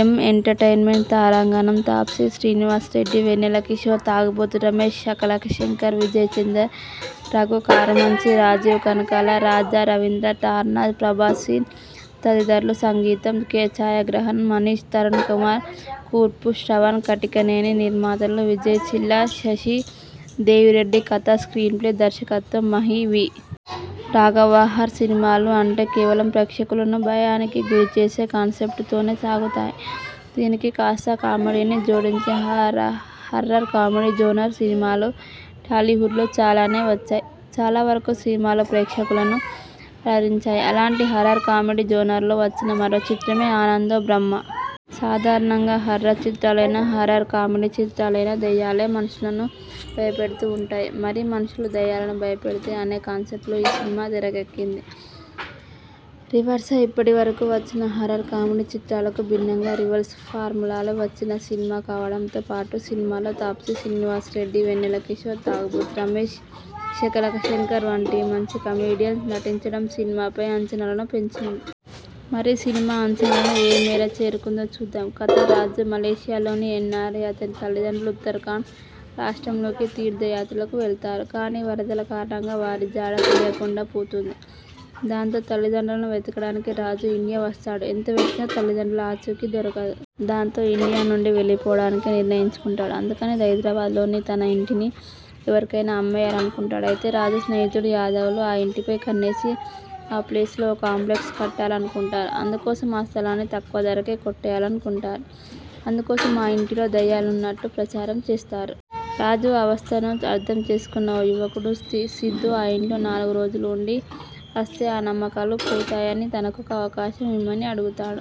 ఎం. Entertainments తారంగణం- Taapsee, Srinivasa Reddy, Vennela Kishore, Tagubothu Ramesh, Shakalaka Shankar, Vijay Chander, Raghu Karumanchi, Rajeev Kanakala, Raja Ravindra, Tarzan, Prabhas Srinu తదితరులు సంగీతం- కె ఛాయాగ్రహణం- అనిష్ తరుణ్ కుమార్ కుర్పు- శ్రవణ్ కటికనేని నిర్మాతలు విజయ్ చిల్లా, శశి దేవిరెడ్డి కథ, స్క్రీన్ప్లే, దర్శకత్వం- మహి వి. రాఘవ్హారర్ సినిమాలు అంటే కేవలం ప్రేక్షకులను భయానికి గురి చేసే కాన్సెప్ట్ తోనే సాగుతాయి. దీనికి కాస్తా కామెడీని జోడించి హార హారర్ కామెడీ జోనర్ సినిమాలు టాలీవుడ్లో చాలానే వచ్చాయి. చాలా వరకు సినిమాలు ప్రేక్షకులను అలరించాయి. అలాంటి హారర్ కామెడీ జోనర్లో వచ్చిన మరో చిత్రమే ఆనందో బ్రహ్మ. సాధారణంగా హారర్ చిత్రాలైనా, హారర్ కామెడి చిత్రాలైన దెయ్యాలే మనుషులను భయపెడుతూ ఉంటాయి. మరి మనుషులు దెయ్యాలను భయపెడితే అనే కాన్సెప్ట్ లో ఈ సినిమా తెరకెక్కింది. రివర్స ఇప్పటి వరకు వచ్చిన హారర్ కామెడి చిత్రాలకు భిన్నంగా రివర్స్ ఫార్ములాలో వచ్చిన సినిమా కావడంతో పాటు, సినిమాలో తాప్సీ, శ్రీనివాసరెడ్డి, వెన్నెలకిషోర్, తాగుబోతు రమేష్, షకలక శంకర్ వంటి మంచి కమెడియన్స్ నటించడం సినిమాపై అంచనాలను పెంచింది. మరి సినిమా అంచనాలను ఏ మేర చేరుకుందో చూద్దాం. కథ- రాజు మలేషియాలోని ఎన్నారై. అతని తల్లిదండ్రులు ఉత్తరాఖ రాష్ట్రంలోకి తీర్థయాత్రలకు వెళతారు. కానీ వరదల కారణంగా వారి జాడ తెలియకుండా పోతుంది. దాంతో తల్లిదండ్రులను వెతకడానికి రాజు ఇండియా వస్తాడు. ఎంత వెతికినా, తల్లిదండ్రుల ఆచూకీ దొరకదు. దాంతో ఇండియా నుండి వెళ్లిపోవడానికే నిర్ణయించుకుంటాడు. అందుకని హైదరాబాద్లోని తన ఇంటిని ఎవరికైనా అమ్మేయాలనుకుంటాడు. అయితే రాజు స్నేహితుడు, యాదవ్లు ఆ ఇంటిపై కన్నేసి, ఆ ప్లేస్లో ఓ కాంప్లెక్స్ కట్టాలనుకుంటారు. అందుకోసం ఆ స్థలాన్ని తక్కువ ధరకే కొట్టేయాలనుకుంటారు. అందుకోసం ఆ ఇంటిలో దెయ్యాలున్నట్లు ప్రచారం చేస్తారు. రాజు అవస్థన అర్థం చేసుకున్న ఓ యువకుడు స్ర్తిసిద్ధు ఆ ఇంట్లో నాలుగు రోజులు ఉండి వస్తే, ఆ నమ్మకాలు పోతాయని, తనకొక అవకాశం ఇమ్మని అడుగుతాడు.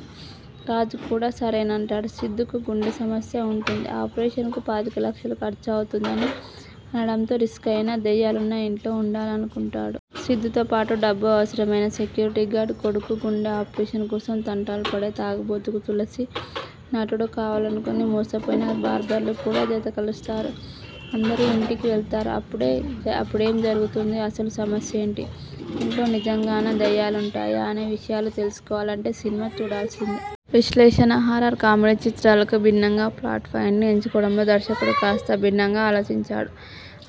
రాజు కూడా సరేనంటాడు. సిద్ధుకు గుండె సమస్య ఉంటుంది. ఆపరేషన్ కు పాతిక లక్షలు ఖర్చు అవుతుందని అనడంతో రిస్క్ అయినా దెయ్యాలున్న ఇంట్లో ఉండాలనుకుంటాడు. సిద్ధుతో పాటు డబ్బు అవసరమైన సెక్యూరిటీ గార్డు, కొడుకు గుండె ఆపరేషన్ కోసం తంటాలు పడే తాగుబోతు తులసి, నటుడు కావాలనుకుని మోసపోయిన బార్బర్లు కూడా జత కలుస్తారు. అందరూ ఇంట్లోకి వెళతారు? అప్పుడే అప్పుడేం జరుగుతుంది? అసలు సమస్యేంటి? ఇంట్లో నిజంగానే దెయ్యాలుంటాయా? అనే విషయాలు తెలుసుకోవాలంటే సినిమా చూడాల్సిందే. విశ్లేషణ- హారర్ కామెడి చిత్రాలకు భిన్నంగా ప్లాట్ పాయిన్ని ఎంచుకోవడంలోనే దర్శకుడు కాస్తా భిన్నంగా ఆలోచించాడు.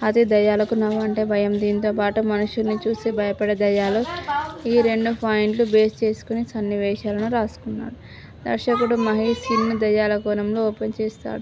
అదే దెయ్యాలకు నవ్వంటే భయం. దీంతో పాటు మనుషుల్ని చూసి భయపడే దెయ్యాలు. ఈ రెండు పాయింట్లు బేస్ చేసుకుని సన్నివేశాలను రాసుకున్నాడు దర్శకుడు మహి. సీన్ను దెయ్యాల కోణంలో ఓపెన్ చేస్తాడు